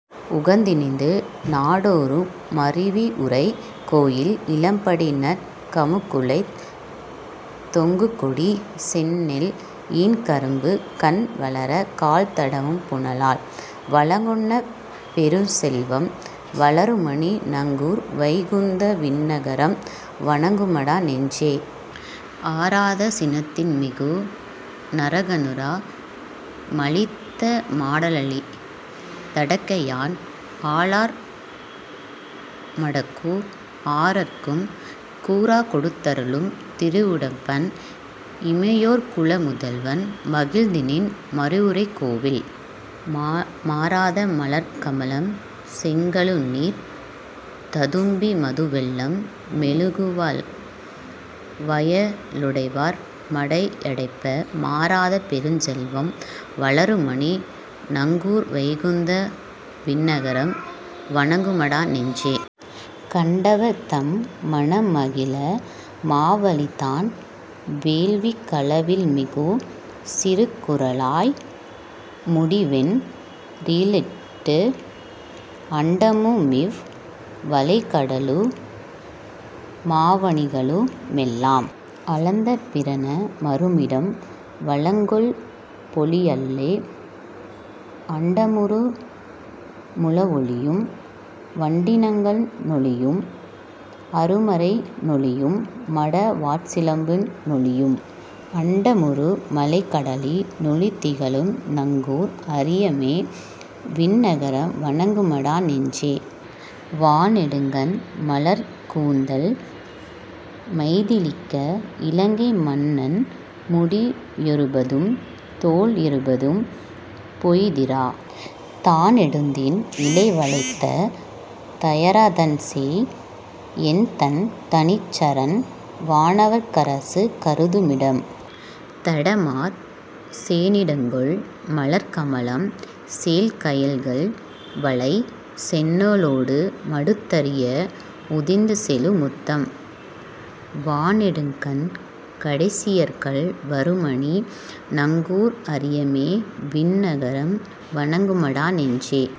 உகந்தினிது நாடோறும் மருவியுறை கோயில், இளம்படிநற் கமுக்குலைத் தொங்குகொடிச் செந்நெல் ஈன்கரும்பு கண்வளரக் கால்தடவும் புனலால், வளங்கொண்ட பெருஞ்செல்வம் வளருமணி நங்கூர் வைகுந்த விண்ணகரம் வணங்குமட நெஞ்சே.. ஆறாத சினத்தின்மிகு நரகனுர மழித்த அடாலழித் தடக்கையன் அலர்மகட்கும் அரற்கும், கூறாகக் கொடுத்தருளும் திருவுடம்பன் இமையோர் குலமுதல்வன் மகிழ்ந்தினிது மருவியுறை கோயில், மாறாத மலர்க்கமலம் செங்கழுநீர் ததும்பி மதுவெள்ள மெழுகவய வயலுழவர்மடை யடைப்ப, மாறாத பெருஞ்செல்வம் வளருமணி நங்கூர் வைகுந்த விண்ணகரம் வணங்குமட நெஞ்சே.. கண்டவர்தம் மனம்மகிழ மாவலிதான் வேள்விக் களவில்மிகு சிறுகுறளாய் முடியென் றிரந்திட்டு, அண்டமுமிவ் வலைகடலு மவனிகளு மெல்லாம் அளந்தபிரா னமருமிடம் வளங்கொள்பொழி லயலே, அண்டமுறு முழவொலியும் வண்டினங்க ளொலியும் அருமறையி னொலியும்மட வார்சிலம்பி னொலியும், அண்டமுறு மலைகடலி னொலிதிகழு நங்கூர் அரிமேய விண்ணகரம் வணங்குமட நெஞ்சே.. வாணெடுங்கண் மலர்க்கூந்தல் மைதிலிக்க இலங்கை மன்னன்முடி யொருபதும்தோ ளிருபதும்போ யுதிர, தாணெடுந்தின் சிலைவளைத்த தயரதன்சேய் என்தன் தனிச்சரண்வா னவர்க்கரசு கருதுமிடம், தடமார் சேணிடங்கொள் மலர்க்கமலம் சேல்கயல்கள் வளை செந்நெலொடு மடுத்தரிய வுதிர்ந்தசெழு முத்தம், வாணெடுங்கண் கடைசியர்கள் வருமணி நங்கூர் அரிமேய விண்ணகரம் வணங்குமட நெஞ்சே..